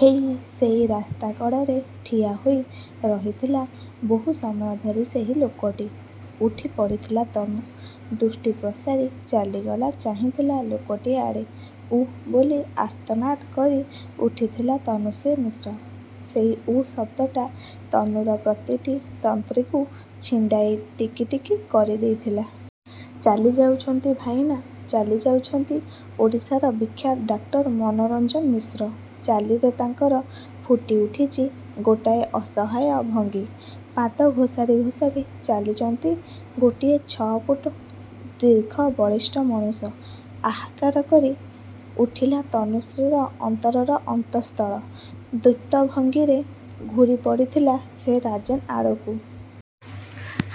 ହେଇ ସେଇ ରାସ୍ତା କଡ଼ରେ ଠିଆ ହୋଇ ରହିଥିଲା ବୋହୁ ସମୟ ଧରି ସେହି ଲୋକଟି। ଉଠି ପଡ଼ିଥିଲା ତନୁ, ଦୃଷ୍ଟି ପ୍ରସାରି ଚାଲିଗଲା ଚାହିଁଥିଲା ଲୋକଟି ଆଡ଼େ। ଉଃ ବୋଲି ଆର୍ତ୍ତନାଦ କରି ଉଠିଥିଲା ତନୁଶ୍ରୀ ମିଶ୍ର। ସେଇ ଉଃ ଶବ୍ଦଟା ତନୁର ପ୍ରତିଟି ତନ୍ତ୍ରୀକୁ ଛିଣ୍ଡାଇ ଟିକି ଟିକି କରିଦେଇଥିଲା। ଚାଲିଯାଉଛନ୍ତି ଭାଇନା। ଚାଲିଯାଉଛନ୍ତି ଓଡ଼ିଶାର ବିଖ୍ୟାତ ଡାକ୍ତର ମନୋରଞ୍ଜନ ମିଶ୍ର। ଚାଲିରେ ତାଙ୍କର ଫୁଟି ଉଠିଚି ଗୋଟାଏ ଅସହାୟ ଭଙ୍ଗୀ। ପାଦ ଘୋସାରି ଘୋସାରି ଚାଲିଚନ୍ତି ଗୋଟିଏ ଛଅ ଫୁଟ ଦୀର୍ଘ ବଳିଷ୍ଠ ମଣିଷ। ହାହାକାର କରି ଉଠିଲା ତନୁଶ୍ରୀର ଅନ୍ତରର ଅନ୍ତଃସ୍ଥଳ। ଦୃପ୍ତ ଭଙ୍ଗୀରେ ଘୂରି ପଡ଼ିଥିଲା ସେ ରାଜା ଆଳକୁ।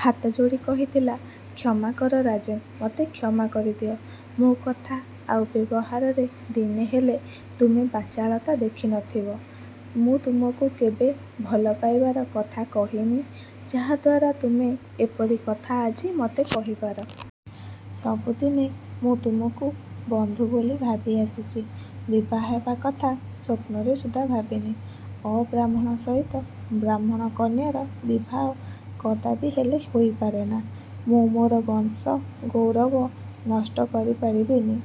ହାତ ଯୋଡ଼ି କହିଥିଲା, କ୍ଷମା କର ରାଜେନ୍, ମତେ କ୍ଷମା କରିଦିଅ। ମୋ କଥା ଆଉ ବ୍ୟବହାରରେ ଦିନେ ହେଲେ ତୁମେ ବାଚାଳତା ଦେଖି ନଥିବ। ମୁଁ ତମକୁ କେବେ ଭଲ ପାଇବାର କଥା କହିନି ଯାହା ଦ୍ୱାରା ତୁମେ ଏପରି କଥା ଆଜି ମତେ କହି ପାର। ସବୁଦିନେ ମୁଁ ତୁମକୁ ବନ୍ଧୁ ବୋଲି ଭାବି ଆସିଚି। ବିଭା ହେବା କଥା ସ୍ୱପ୍ନରେ ସୁଦ୍ଧା ଭାବିନି। ଅବ୍ରାହ୍ମଣ ସହିତ ବ୍ରାହ୍ମଣ କନ୍ୟାର ବିବାହ କଦାପି ହେଲେ ହୋଇ ପାରେନା। ମୁଁ ମୋର ବଂଶ ଗୌରବ ନଷ୍ଟ କରି ପାରିବିନି।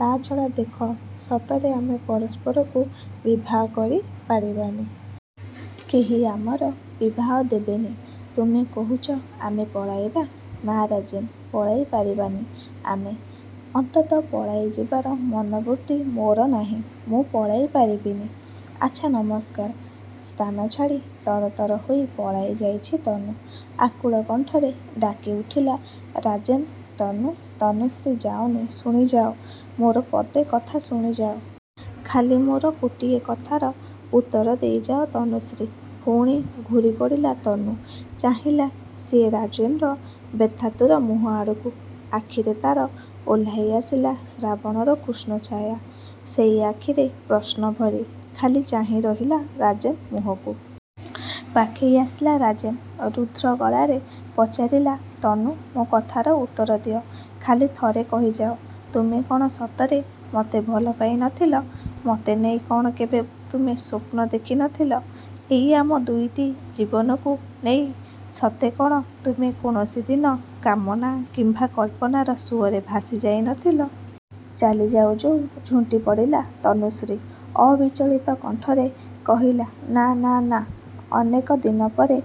ତା' ଛଡ଼ା ଦେଖ ସତରେ ଆମେ ପରସ୍ପରକୁ ବିବାହ କରି ପାରିବାନି। କେହି ଆମର ବିବାହ ଦେବେନି। ତୁମେ କୋହୁଚ ଆମେ ପଳାଇବା। ନା ରାଜେନ୍ ପଳାଇ ପାରିବାନି ଆମେ । ଅନ୍ତତଃ ପଳାଇ ଯିବାର ମନୋବୃତ୍ତି ମୋର ନାହିଁ। ମୁଁ ପଳାଇ ପାରିବିନି। ଆଚ୍ଛା, ନମସ୍କାର। ସ୍ଥାନ ଛାଡ଼ି ତରତର ହୋଇ ପଳାଇ ଯାଇଛି ତନୁ। ଆକୁଳ କଣ୍ଠରେ ଡାକି ଉଠିଲା ରାଜେନ୍ ତନୁ, ତନୁଶ୍ରୀ ଯାଅନି ଶୁଣି ଯାଅ, ମୋର ପଦେ କଥା ଶୁଣି ଯାଅ। ଖାଲି ମୋର ଗୋଟିଏ କଥାର ଉତ୍ତର ଦେଇ ଯାଅ ତନୁଶ୍ରୀ। ଫୁଣି ଘୂରି ପଡ଼ିଲା ତନୁ। ଚାହିଁଲା ସିଏ ରାଜେନ୍‌ର ବ୍ୟଥାତୁର ମୁହଁ ଆଡ଼କୁ, ଆଖିରେ ତା'ର ଓହ୍ଲାଇ ଆସିଲା ଶ୍ରାବଣର କୃଷ୍ଣଛାୟା। ସେଇ ଆଖିରେ ପ୍ରଶ୍ନ ଭରି। ଖାଲି ଚାହିଁ ରହିଲା ରାଜେନ୍ ମୁହଁକୁ। ପାଖେଇ ଆସିଲା ରାଜେନ୍। ରୁଧ୍ର ଗଳାରେ ପଚାରିଲା ତନୁ ମୋ କଥାର ଉତ୍ତର ଦିଅ। ଖାଲି ଥରେ କହି ଯାଅ, ତୁମେ କ'ଣ ସତରେ ମତେ ଭଲ ପାଇ ନଥିଲ? ମତେ ନେଇ କ'ଣ କେବେ ତୁମେ ସ୍ୱପ୍ନ ଦେଖି ନଥିଲ। ଏଇ ଆମ ଦୁଇଟି ଜୀବନକୁ ନେଇ ସତେ କ'ଣ ତୁମେ କୌଣସି ଦିନ କାମନା କିମ୍ବା କଳ୍ପନାର ସୁଅରେ ଭାସି ଯାଇ ନଥିଲ? ଚାଲି ଯାଉ ଯାଉ ଝୁଣ୍ଟି ପଡ଼ିଲା ତନୁଶ୍ରୀ। ଅବିଚଳିତ କଣ୍ଠରେ କହିଲା ନାଁ, ନାଁ, ନାଁ। ଅନେକ ଦିନ ପରେ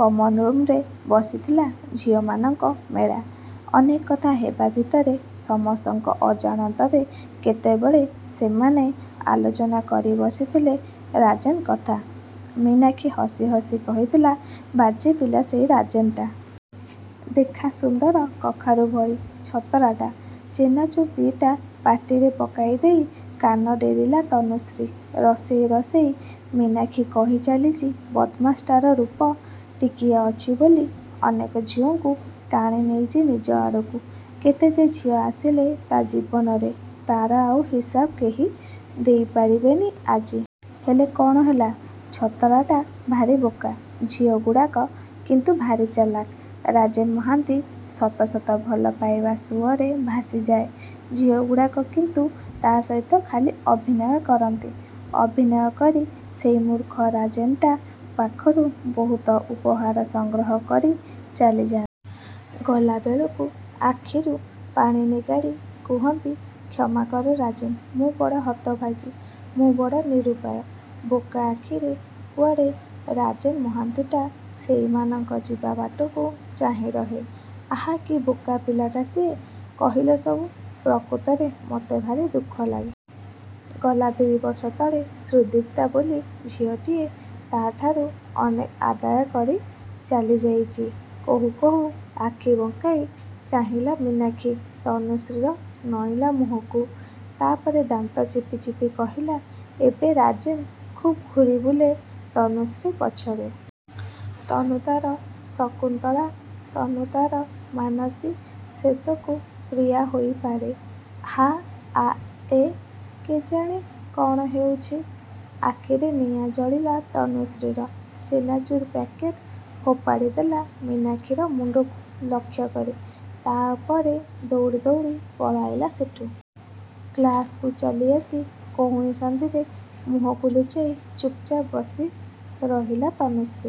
କମନ୍‌ରୁମ୍‌ରେ ବସିଥିଲା ଝିଅମାନଙ୍କ ମେଳା। ଅନେକ କଥା ହେବା ଭିତରେ ସମସ୍ତଙ୍କ ଅଜାଣତରେ କେତେବେଳେ ସେମାନେ ଆଲୋଚନା କରି ବସିଥିଲେ ରାଜେନ୍ କଥା। ମୀନାକ୍ଷୀ ହସି ହସି କହିଥିଲା ବାଜେ ପିଲା ସେଇ ରାଜେନ୍‌ଟା। ଦେଖା ସୁନ୍ଦର କଖାରୁ ଭଳି। ଛତରାଟା। ଚେନାଚୂର୍ ଦି'ଟା ପାଟିରେ ପକାଇ ଦେଇ କାନ ଡେରିଲା ତନୁଶ୍ରୀ। ରସେଇ ରସେଇ ମୀନାକ୍ଷୀ କହି ଚାଲିଛି ବଦମାସ୍‌ଟାର ରୂପ ଟିକିଏ ଅଛି ବୋଲି ଅନେକ ଝିଅଙ୍କୁ ଟାଣି ନେଇଚି ନିଜ ଆଡ଼କୁ। କେତେ ଯେ ଝିଅ ଆସିଲେ ତା' ଜୀବନରେ, ତା'ର ଆଉ ହିସାବ କେହି ଦେଇ ପାରିବେନି ଆଜି। ହେଲେ କ'ଣ ହେଲା, ଛତରାଟା ଭାରି ବୋକା। ଝିଅଗୁଡ଼ାକ କିନ୍ତୁ ଭାରି ଚାଲାକ୍। ରାଜେନ୍ ମାହାନ୍ତି ସତ ସତ ଭଲ ପାଇବା ସୁଅରେ ଭାସି ଯାଏ। ଝିଅଗୁଡ଼ାକ କିନ୍ତୁ ତା' ସହିତ ଖାଲି ଅଭିନୟ କରନ୍ତି। ଅଭିନୟ କରି ସେଇ ମୂର୍ଖ ରାଜେନ୍‌ଟା ପାଖରୁ ବୋହୁତ ଉପହାର ସଂଗ୍ରହ କରି ଚାଲି ଯାଆ। ଗଲା ବେଳକୁ ଆଖିରୁ ପାଣି ନିଗାଡ଼ି କୁହନ୍ତି କ୍ଷମା କର ରାଜେନ୍, ମୁଁ ବଡ଼ ହତଭାଗୀ, ମୁଁ ବଡ଼ ନିରୁପାୟ। ବୋକା ଆଖିରେ କୁଆଡ଼େ ରାଜେନ୍ ମହାନ୍ତିଟା ସେଇମାନଙ୍କ ଯିବା ବାଟକୁ ଚାହିଁ ରହେ। ଆହା କି ବୋକା ପିଲାଟା ସିଏ, କହିଲ ସବୁ। ପ୍ରକୃତରେ ମତେ ଭାରି ଦୁଃଖ ଲାଗେ। ଗଲା ଦୁଇ ବର୍ଷ ତଳେ ସୁଦୀପ୍ତା ବୋଲି ଝିଅଟିଏ ତା'ଠାରୁ ଅନେକ ଆଦାୟ କରି ଚାଲି ଯାଇଚି। କୋହୁ କୋହୁ ଆଖି ବଙ୍କାଇ ଚାହିଁଲା ମୀନାକ୍ଷୀ, ତନୁଶ୍ରୀର ନଇଁଲା ମୁହଁକୁ। ତା' ପରେ ଦାନ୍ତ ଚିପି ଚିପି କହିଲା ଏବେ ରାଜେନ୍ ଖୁବ୍ ଘୂରି ବୁଲେ ତନୁଶ୍ରୀ ପଛରେ। ତନୁ ତା'ର ଶକୁନ୍ତଳା, ତନୁ ତା'ର ମାନସୀ, ଶେଷକୁ ପ୍ରିୟା ହୋଇ ପାରେ। ହା ଆ ଏ। କେଜାଣେ କ'ଣ ହେଉଚି। ଆଖିରେ ନିଆଁ ଜଳିଲା ତନୁଶ୍ରୀର। ଚେନାଚୂର୍ ପ୍ୟାକେଟ୍ ଫୋପାଡ଼ି ଦେଲା ମୀନାକ୍ଷୀର ମୁଣ୍ଡକୁ ଲକ୍ଷ୍ୟ କରି। ତା' ପରେ ଦୋଉଡ଼ି ଦୋଉଡ଼ି ପଳାଇଲା ସେଠୁ। କ୍ଲାସ୍‌କୁ ଚାଲି ଆସି କୋହୁଣୀ ସନ୍ଧିରେ ମୁହଁ ଲୁଚାଇ ଚୁପ୍‌ଚାପ୍ ବସି ରହିଲା ତନୁଶ୍ରୀ।